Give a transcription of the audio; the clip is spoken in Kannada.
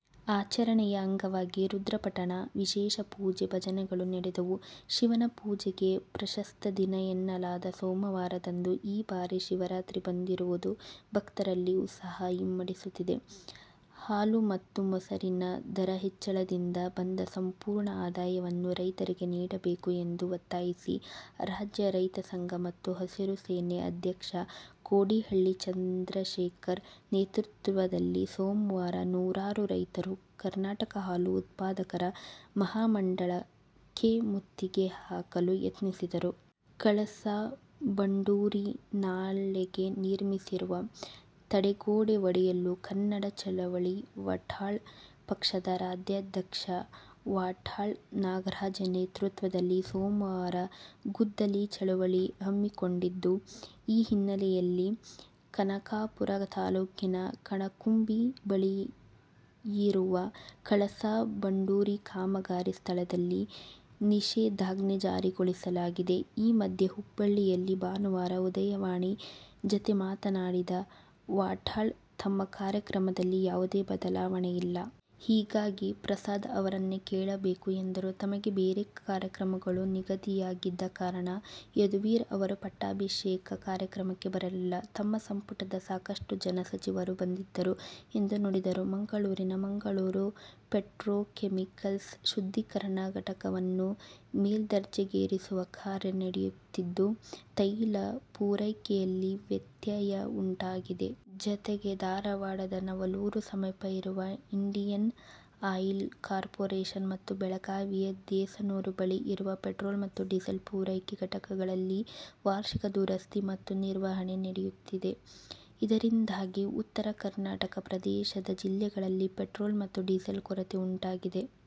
ಆಚರಣೆಯ ಅಂಗವಾಗಿ ರುದ್ರಪಠಣ, ವಿಶೇಷ ಪೂಜೆ, ಭಜನೆಗಳು ನಡೆದವು. ಶಿವನ ಪೂಜೆಗೆ ಪ್ರಶಸ್ತ ದಿನ ಎನ್ನಲಾದ ಸೋಮವಾರದಂದು ಈ ಬಾರಿ ಶಿವರಾತ್ರಿ ಬಂದಿರುವುದು ಭಕ್ತರಲ್ಲಿ ಉತ್ಸಾಹ ಇಮ್ಮಡಿಸಿತ್ತು. ಹಾಲು ಮತ್ತು ಮೊಸರಿನ ದರ ಹೆಚ್ಚಳದಿಂದ ಬಂದ ಸಂಪೂರ್ಣ ಆದಾಯವನ್ನು ರೈತರಿಗೆ ನೀಡಬೇಕು ಎಂದು ಒತ್ತಾಯಿಸಿ ರಾಜ್ಯ ರೈತ ಸಂಘ ಮತ್ತು ಹಸಿರು ಸೇನೆ ಅಧ್ಯಕ್ಷ ಕೋಡಿಹಳ್ಳಿ ಚಂದ್ರಶೇಖರ್ ನೇತೃತ್ವದಲ್ಲಿ ಸೋಮವಾರ ನೂರಾರು ರೈತರು ಕರ್ನಾಟಕ ಹಾಲು ಉತ್ಪಾದಕರ ಮಹಾಮಂಡಳ ಕ್ಕೆ ಮುತ್ತಿಗೆ ಹಾಕಲು ಯತ್ನಿಸಿದರು. ಕಳಸಾ-ಬಂಡೂರಿ ನಾಲೆಗೆ ನಿರ್ಮಿಸಿರುವ ತಡೆಗೋಡೆ ಒಡೆಯಲು ಕನ್ನಡ ಚಳವಳಿ ವಾಟಾಳ್ ಪಕ್ಷದ ರಾಜ್ಯಾಧ್ಯಕ್ಷ ವಾಟಾಳ್ ನಾಗರಾಜ್ ನೇತೃತ್ವದಲ್ಲಿ ಸೋಮವಾರ ಗುದ್ದಲಿ ಚಳವಳಿ ಹಮ್ಮಿಕೊಂಡಿದ್ದು, ಈ ಹಿನ್ನೆಲೆಯಲ್ಲಿ ಖಾನಾಪುರ ತಾಲೂಕಿನ ಕಣಕುಂಬಿ ಬಳಿಯಿರುವ ಕಳಸಾ-ಬಂಡೂರಿ ಕಾಮಗಾರಿ ಸ್ಥಳದಲ್ಲಿ ನಿಷೇಧಾಜ್ಞೆಜಾರಿಗೊಳಿಸಲಾಗಿದೆ. ಈ ಮಧ್ಯೆ, ಹುಬ್ಬಳ್ಳಿಯಲ್ಲಿ ಭಾನುವಾರ "ಉದಯವಾಣಿ' ಜತೆಮಾತನಾಡಿದ ವಾಟಾಳ್, ತಮ್ಮ ಕಾರ್ಯಕ್ರಮದಲ್ಲಿ ಯಾವುದೇ ಬದಲಾವಣೆ ಇಲ್ಲ. ಹೀಗಾಗಿ ಪ್ರಸಾದ್ ಅವರನ್ನೇ ಕೇಳಬೇಕು ಎಂದರು. ತಮಗೆ ಬೇರೆ ಕಾರ್ಯಕ್ರಮಗಳು ನಿಗದಿಯಾಗಿದ್ದ ಕಾರಣ ಯದುವೀರ ಅವರ ಪಟ್ಟಾಭಿಷೇಕ ಕಾರ್ಯಕ್ರಮಕ್ಕೆ ಬರಲಿಲ್ಲ. ತಮ್ಮ ಸಂಪುಟದ ಸಾಕಷ್ಟು ಜನ ಸಚಿವರು ಬಂದಿದ್ದರು ಎಂದು ನುಡಿದರು. ಮಂಗಳೂರಿನ ಮಂಗಳೂರು ಪೆಟ್ರೋಕೆಮಿಕಲ್ಸ್ ಶುದ್ಧೀಕರಣ ಘಟಕ ವನ್ನು ಮೇಲ್ದರ್ಜೆಗೇರಿಸುವ ಕಾರ್ಯ ನಡೆಯುತ್ತಿದ್ದು, ತೈಲ ಪೂರೈಕೆಯಲ್ಲಿ ವ್ಯತ್ಯಯ ಉಂಟಾಗಿದೆ. ಜತೆಗೆ, ಧಾರವಾಡದ ನವಲೂರು ಸಮೀಪ ಇರುವ ಇಂಡಿಯನ್ ಆಯಿಲ್ ಕಾರ್ಪೊರೆಷನ್ ಮತ್ತು ಬೆಳಗಾವಿಯ ದೇಸನೂರು ಬಳಿ ಇರುವ ಪೆಟ್ರೋಲ್ ಮತ್ತು ಡೀಸೆಲ್ ಪೂರೈಕೆ ಘಟಕಗಳಲ್ಲಿ ವಾರ್ಷಿಕ ದುರಸ್ತಿ ಮತ್ತು ನಿರ್ವಹಣೆ ನಡೆಯುತ್ತಿದೆ. ಇದರಿಂದಾಗಿ ಉತ್ತರ ಕರ್ನಾಟಕ ಪ್ರದೇಶದ ಜಿಲ್ಲೆಗಳಲ್ಲಿ ಪೆಟ್ರೋಲ್ ಮತ್ತು ಡೀಸೆಲ್ ಕೊರತೆ ಉಂಟಾಗಿದೆ.